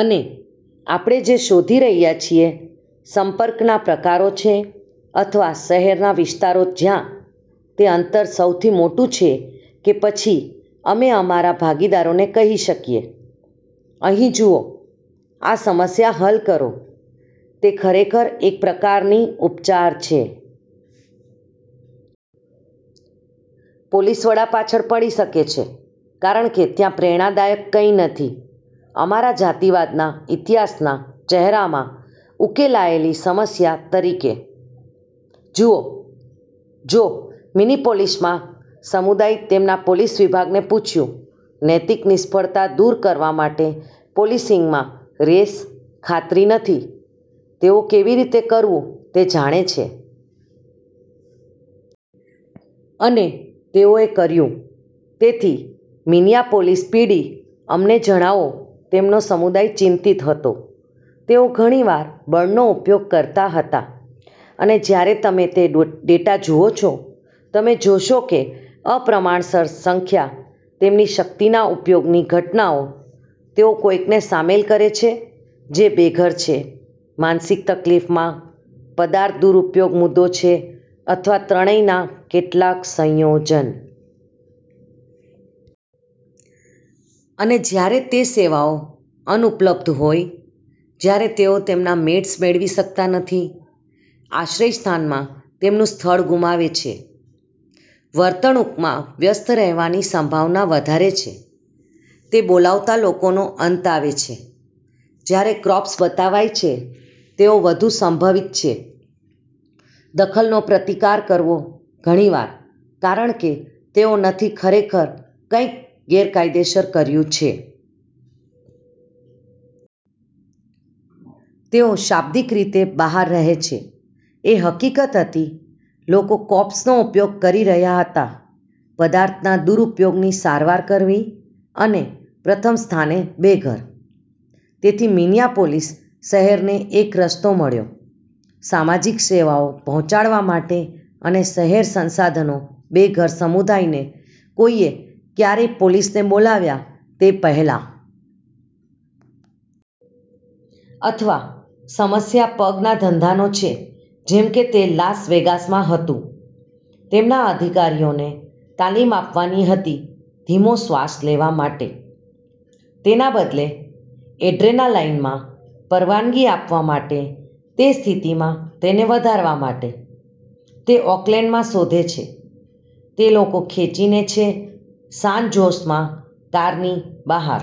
અને આપણે જે શોધી રહ્યા છીએ સંપર્કના પ્રકારો છે અથવા શહેરના વિસ્તારો જ્યાં તે અંતર સૌથી મોટું છે કે પછી અમે અમારા ભાગીદારોને કહી શકીએ "અહીં જુઓ. આ સમસ્યા હલ કરો". તે ખરેખર એક પ્રકારની ઉપચાર છે. પોલીસ વડા પાછળ પડી શકે છે કારણ કે ત્યાં પ્રેરણાદાયક કંઈ નથી અમારા જાતિવાદના ઇતિહાસના ચહેરામાં ઉકેલાયેલી સમસ્યા તરીકે. જુઓ, જો મિનીપોલિસમાં સમુદાય તેમના પોલીસ વિભાગને પૂછ્યું નૈતિક નિષ્ફળતા દૂર કરવા માટે પોલીસિંગમાં રેસ, ખાતરી નથી તેઓ કેવી રીતે કરવું તે જાણે છે. અને તેઓએ કર્યું. તેથી, મિનીઆપોલિસ પીડી અમને જણાવો તેમનો સમુદાય ચિંતિત હતો તેઓ ઘણી વાર બળનો ઉપયોગ કરતા હતા. અને જ્યારે તમે તે ડેટા જુઓ છો, તમે જોશો કે અપ્રમાણસર સંખ્યા તેમની શક્તિના ઉપયોગની ઘટનાઓ તેઓ કોઈકને સામેલ કરે છે જે બેઘર છે, માનસિક તકલીફમાં, પદાર્થ દુરૂપયોગ મુદ્દો છે અથવા ત્રણેયના કેટલાક સંયોજન. અને જ્યારે તે સેવાઓ અનુપલબ્ધ હોય, જ્યારે તેઓ તેમના મેડ્સ મેળવી શકતા નથી, આશ્રયસ્થાનમાં તેમનું સ્થળ ગુમાવે છે. વર્તણૂંકમાં વ્યસ્ત રહેવાની સંભાવના વધારે છે તે બોલાવતા લોકોનો અંત આવે છે. જ્યારે ક્રોપસ બતાવાય છે તેઓ વધુ સંભવિત છે દખલનો પ્રતિકાર કરવો ઘણી વાર કારણ કે તેઓ નથી ખરેખર કંઈક ગેરકાયદેસર કર્યું છે. તેઓ શાબ્દિક રીતે ફક્ત બહાર રહે છે. એ હકીકત હતી લોકો કોપ્સનો ઉપયોગ કરી રહ્યા હતા પદાર્થના દુરૂપયોગની સારવાર કરવી અને પ્રથમ સ્થાને બેઘર. તેથી મિનીઆપોલિસ શહેરને એક રસ્તો મળ્યો સામાજિક સેવાઓ પહોંચાડવા માટે અને શહેર સંસાધનો બેઘર સમુદાયને કોઈએ ક્યારેય પોલીસને બોલાવ્યા તે પહેલાં. અથવા સમસ્યા પગના ધંધાનો છે જેમ કે તે લાસ વેગાસમાં હતું. તેમના અધિકારીઓને તાલીમ આપવાની હતી ધીમો શ્વાસ લેવા માટે. તેના બદલે એડ્રેનાલાઇનમાં પરવાનગી આપવા માટે તે સ્થિતિમાં તેને વધારવા માટે. તે ઓકલેન્ડમાં શોધે છે. તે લોકો ખેંચીને છે સાન જોસમાં કારની બહાર.